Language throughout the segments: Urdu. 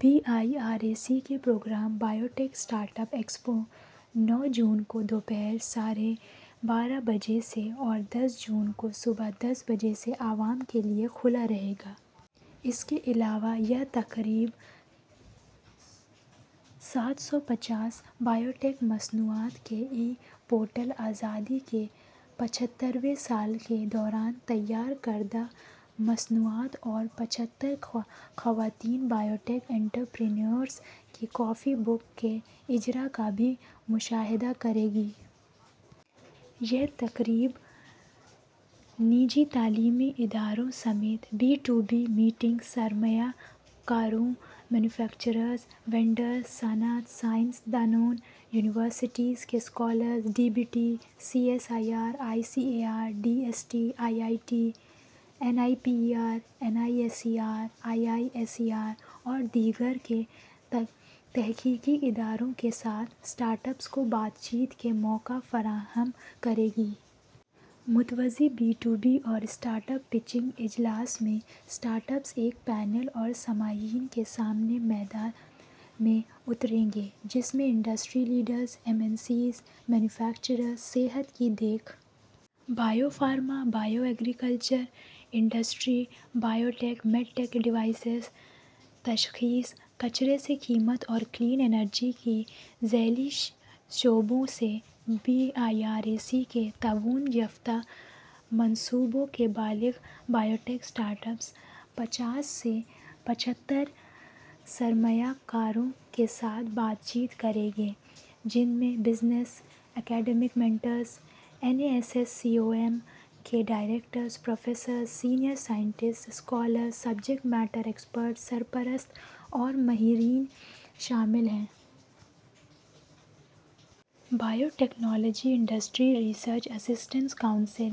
Be I R A C کے programme biotech startup expo نو جون کو دوپہر ساڑھے بارہ بجے سے اور دس جون کو صبح دس بجے سے عوام کے لیے کھلا رہے گا۔ اس کے علاوہ، یہ تقریب سات سو پچاس بائیوٹیک مصنوعات کے ای پورٹل، آزادی کے پچھتر ویں سال کے دوران تیار کردہ مصنوعات اور پچھتر خواتین بایوٹیک انٹرپرینیورز کی کافی بک کے اجراء کا بھی مشاہدہ کرے گی۔ یہ تقریب، نجی تعلیمی اداروں سمیت بی ٹو بی میٹنگز، سرمایہ کاروں، مینوفیکچررز، وینڈرز، صنعت، سائنسدانوں، یونیورسٹیوں کے scholars, D B T, C S I R, I C A R, D S T, I I T, N I P E R, N I S E R, I I S E R اور دیگر کے تحقیقی اداروں کے ساتھ اسٹارٹ اپس کو بات چیت کا موقع فراہم کرے گی۔ متوازی بی ٹو بی اور اسٹارٹ اپ پیچنگ اجلاسوں میں، اسٹارٹ اپس ایک پینل اور سامعین کے سامنے میدان میں اتریں گے جس میں industry leaders, M N Cs, manufacturers, صحت کی دیکھ بھال، بائیو فارما، زراعت، صنعتی بائیوٹیک، میڈٹیک ڈیوائسز، تشخیص، فضلہ سے قدر اور کلین انرجی کے ذیلی شعبے سے be I R A C کے تعاون یافتہ منصوبوں کے بالغ بائیوٹیک اسٹارٹ اپس پچاس سے پچھتر سرمایہ کاروں کے ساتھ بات چیت کریں گے اور business academic mentors, NASSCOM, directors, professor, senior science دان، اسکالرز، سبجیکٹ میٹرز کے ماہرین، سرپرست، ماہرین شامل ہیں۔ Biotechnology industry research assistance council,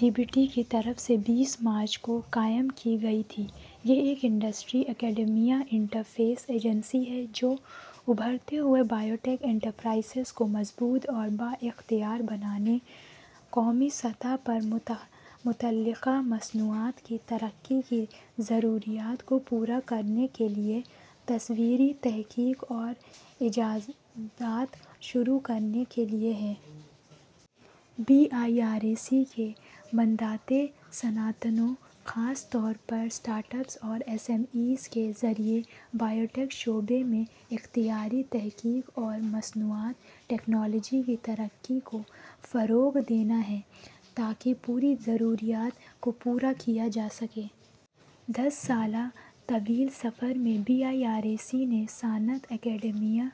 D B T کی طرف سے بیس مارچ کو قائم کی گئی تھی۔ یہ ایک انڈسٹری-اکیڈمیا انٹرفیس ایجنسی ہے جو ابھرتے ہوئے بائیوٹیک انٹرپرائز کو مضبوط اور بااختیار بنانے، قومی سطح پر متعلقہ مصنوعات کی ترقی کی ضروریات کو پورا کرنے کے لیے، تزویراتی تحقیق اور اختراعات شروع کرنے کے لیے ہے۔ بی آئی آر اے سی کا مینڈیٹ صنعتوں، خاص طور پر اسٹارٹ اپس اور ایس ایم ایز کے ذریعے بائیوٹیک شعبہ میں اختراعی تحقیق اور مصنوعات/ٹیکنالوجی کی ترقی کو فروغ دینا ہے تاکہ پوری ضروریات کو پورا کیا جا سکے۔ دس سالہ طویل سفر میں، بی آئی آر اے سی نے صنعت-اکیڈمیا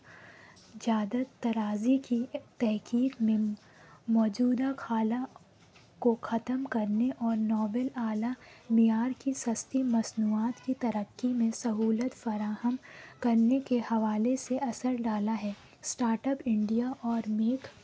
جدت طرازی کی تحقیق میں موجودہ خلا کو ختم کرنے اور ناول، اعلیٰ معیار کی سستی مصنوعات کی ترقی میں سہولت فراہم کرنے کے حوالے سے اثر ڈالا ہے۔ اسٹارٹ اپ انڈیا اور میک